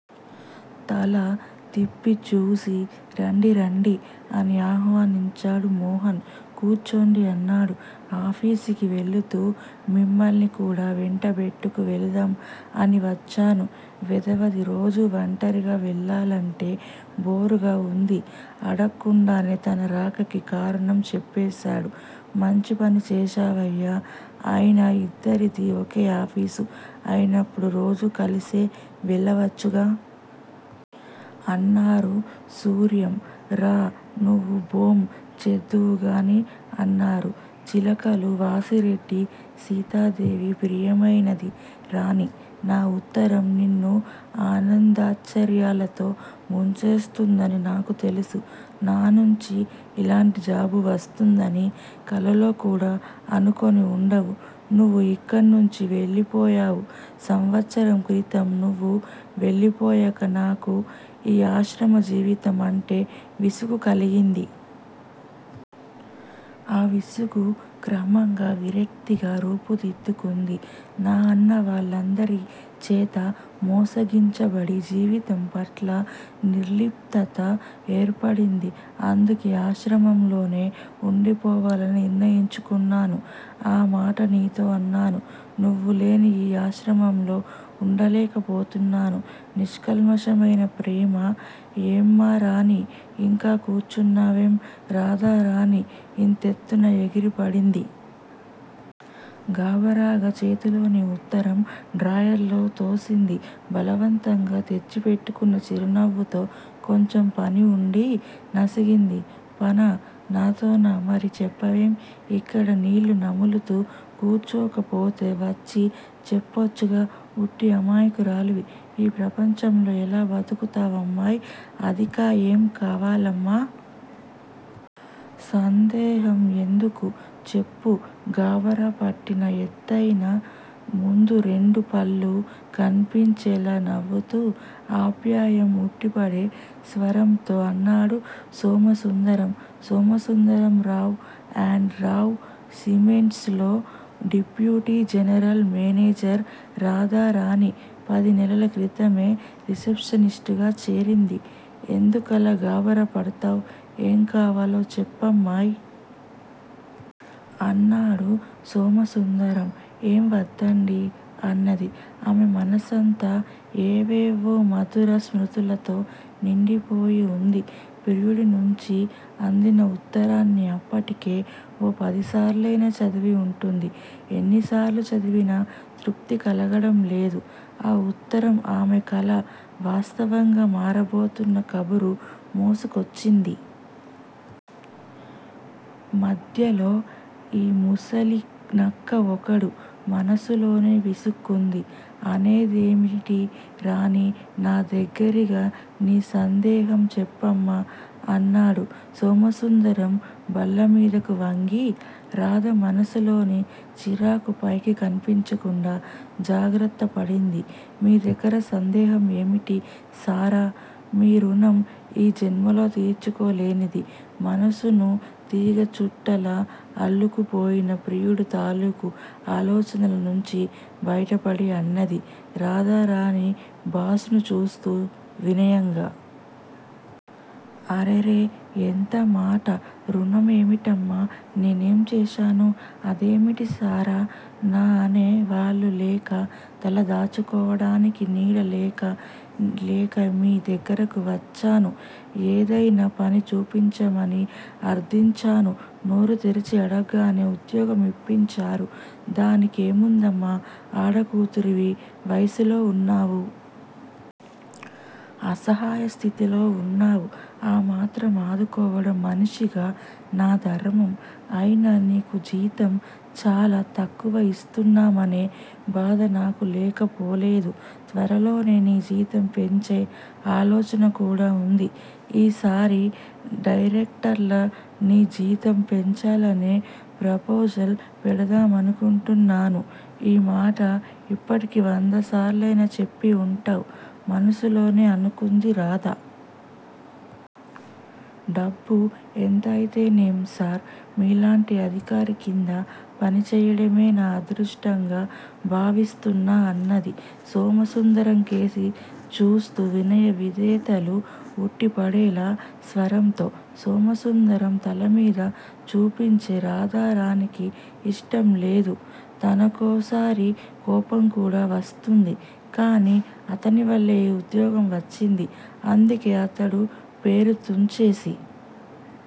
తలతిప్పి చూసి రండి రండి! అని ఆహ్వనించాడు మోహన్. కూర్చోండి అన్నాడు. ఆఫీసుకి వెళ్ళుతూ మిమ్మల్ని కూడా వెంటబెట్టుకు వెళ్దాం అని వచ్చాను వెధవది రోజూ వంటరిగా వెళ్ళాలంటే బోర్ గా వుంది! అడక్కుండానే తన రాకకి కారణం చెప్పేసాడు. మంచి పని చేశావయ్యా అయినా యిద్దరిదీ ఒకే ఆఫీసు అయినప్పుడు రోజూ కలిసే వెళ్ళొచ్చుగా! అన్నారు సూర్యం. రా నువ్వూ భోం చేద్దువుగాని అన్నారు. చిలకలు -వాసిరెడ్డి సీతాదేవి ప్రియమైనది రాణీ! నా ఉత్తరం నిన్ను ఆనందాశ్చార్యాలలో ముంచివేస్తుందని నాకు తెలుసు. నానుంచి ఇలాంటి జాబు వస్తుందని కలలో కూడా అనుకొని ఉండవు. నువ్వు ఇక్కడ్నుంచి వెళ్ళిపోయావు సంవత్సరం క్రితం. నువ్వు వెళ్ళిపోయాక నాకు ఈ ఆశ్రమ జీవితం అంటే విసుగు కలిగింది. ఆ విసుగు క్రమంగా విరక్తిగా రూపుదిద్దుకుంది. నా అన్నవాళ్ళందరి చేతా మోసగించబడి, జీవితం పట్ల నిర్లిప్తత ఏర్పడింది. అందుకే ఆశ్రమంలోనే ఉండిపోవాలని నిర్ణయించుకొన్నాను. ఆ మాటే నీతో అన్నాను. నువ్వులేని ఈ ఆశ్రమంలో ఉండలేకపోతున్నాను. నిష్కల్మషమైన ప్రేమ ఏమ్మారాణీ! ఇంకా కూర్చున్నావేం? రాధారాణి ఇంతెత్తున ఎగిరిపడింది. గాభరాగా చేతిలోని ఉత్తరం డ్రాయర్ లోకి తోసింది. బలవంతంగా తెచ్చిపెట్టుకొన్న చిరునవ్వుతో కొంచెం పని ఉండీ? నసిగింది. పనా? నాతోనేనా? మరి చప్పవేం? ఇక్కడ నీళ్ళు నములుతూ కూర్చోకపోతే వచ్చి చెప్పొచ్చుగా? ఒట్టి అమాయకురాలివి. ఈ ప్రపంచంలో ఎలా బతుకుతావ్ అమ్మాయ్? అదికా ఏం కావాలమ్మా! సందేహం ఎందుకు? చెప్పు? గారపట్టిన ఎత్తయిన ముందు రెండు పళ్ళూ కన్పించేలా నవ్వుతూ, ఆప్యాయం ఉట్టిపడే స్వరంతో అన్నాడు సోమసుందరం. సోమసుందరం రావ్ అండ్ రావ్ సిమెంట్సు లో డిప్యూటీ జనరల్ మేనేజర్. రాధారాణి పదినెలల క్రితమే రిసెప్షనిస్టుగా చేరింది. ఎందుకలా గాభరా పడ్తావ్? ఏం కావాలో చెప్పమ్మాయ్? అన్నాడు సోమసుందరం. ఏం వద్దండీ! అన్నది. ఆమె మనసంతా ఏవేవో మధుర స్మృతులతో నిండిపోయి ఉంది. ప్రియుడి నుంచి అందిన ఉత్తరాన్ని అప్పటికే ఓ పదిసార్లయినా చదివి ఉంటుంది. ఎన్నిసార్లు చదివినా తృప్తి కలుగడంలేదు. ఆ ఉత్తరం ఆమె కల వాస్తవంగా మారబోతున్న కబురు మోసుకొచ్చింది. మధ్యలో ఈ ముసలినక్క ఒకడు మనసులోనే విసుక్కుంది. అదేమిటి రాణీ! నాదగ్గిరా నీసందేహం? చెప్పమ్మా అన్నాడు సోమసుందరం బల్లమీదకు వంగి. రాధ మనసులోని చిరాకు పైకి కన్పించకుండా జాగ్రత్తపడింది. మీ దగ్గర సందేహం ఏమిటి సార! మీ రుణం ఈ జన్మలో తీర్చుకోలేనిది. మనసును తీగ చుట్టలా అల్లుకుపోయిన ప్రియుడు తాలుకు ఆలోచనల నుంచి బయటపడి అన్నది రాధారాణి బాస్ ను చూస్తూ వినయంగా. అరెరె! ఎంతమాట! రుణం ఏమిటమ్మా! నేనేంచేశాను.? అదేమిటి సార! నా అనే వాళ్ళు లేక, తల దాచుకోవడానికి నీడ కూడా లేక మీ దగ్గరకు వచ్చాను. ఏదైనా పని చూపించమని ఆర్థంచాను నోరు తెరిచి అడగ్గానే ఉద్యోగం ఇప్పించారు. దాని కేముందమ్మా! ఆడ కూతురివి, వయసులో ఉన్నావు. అసహయస్థితిలో వున్నావు. ఆ మాత్రం అదుకోవడం మనిషిగా నా ధర్మం. అయినా నీకు జీతం చాలా తక్కువ ఇస్తున్నామనే బాధ నాకు లేకపోలేదు. త్వరలోనే నీ జీతం పెంచే ఆలోచన కూడా ఉంది. ఈ సారి డైరక్టర్ల నీ జీతం పెంచాలనే ప్రోపోజల్ పెడదామనుకొంటున్నాను ఈ మాట ఇప్పటికి వందసార్లయినా చెప్పి ఉంటావ్ మనసులోనే అనుకుంది రాధ. డబ్బు ఎంతైతేనేం సార్? మీలాంటి అధికారి కింద పని చెయ్యడమే నా అదృష్టంగా భావిస్తున్నా అన్నది సోమసుందరం కేసి చూస్తూ వినయ విధేయతలు ఉట్టిపడేలా స్వరంతో. సోమసుందరం తనమీద చూపించే రాధారాణికి ఇష్టం లేదు. ఒకోసారి కోపం కూడా వస్తుంది. కాని అతని వల్లే ఈ ఉదోగ్యం వచ్చింది. అందుకే అతడు పేరు తుంచేసి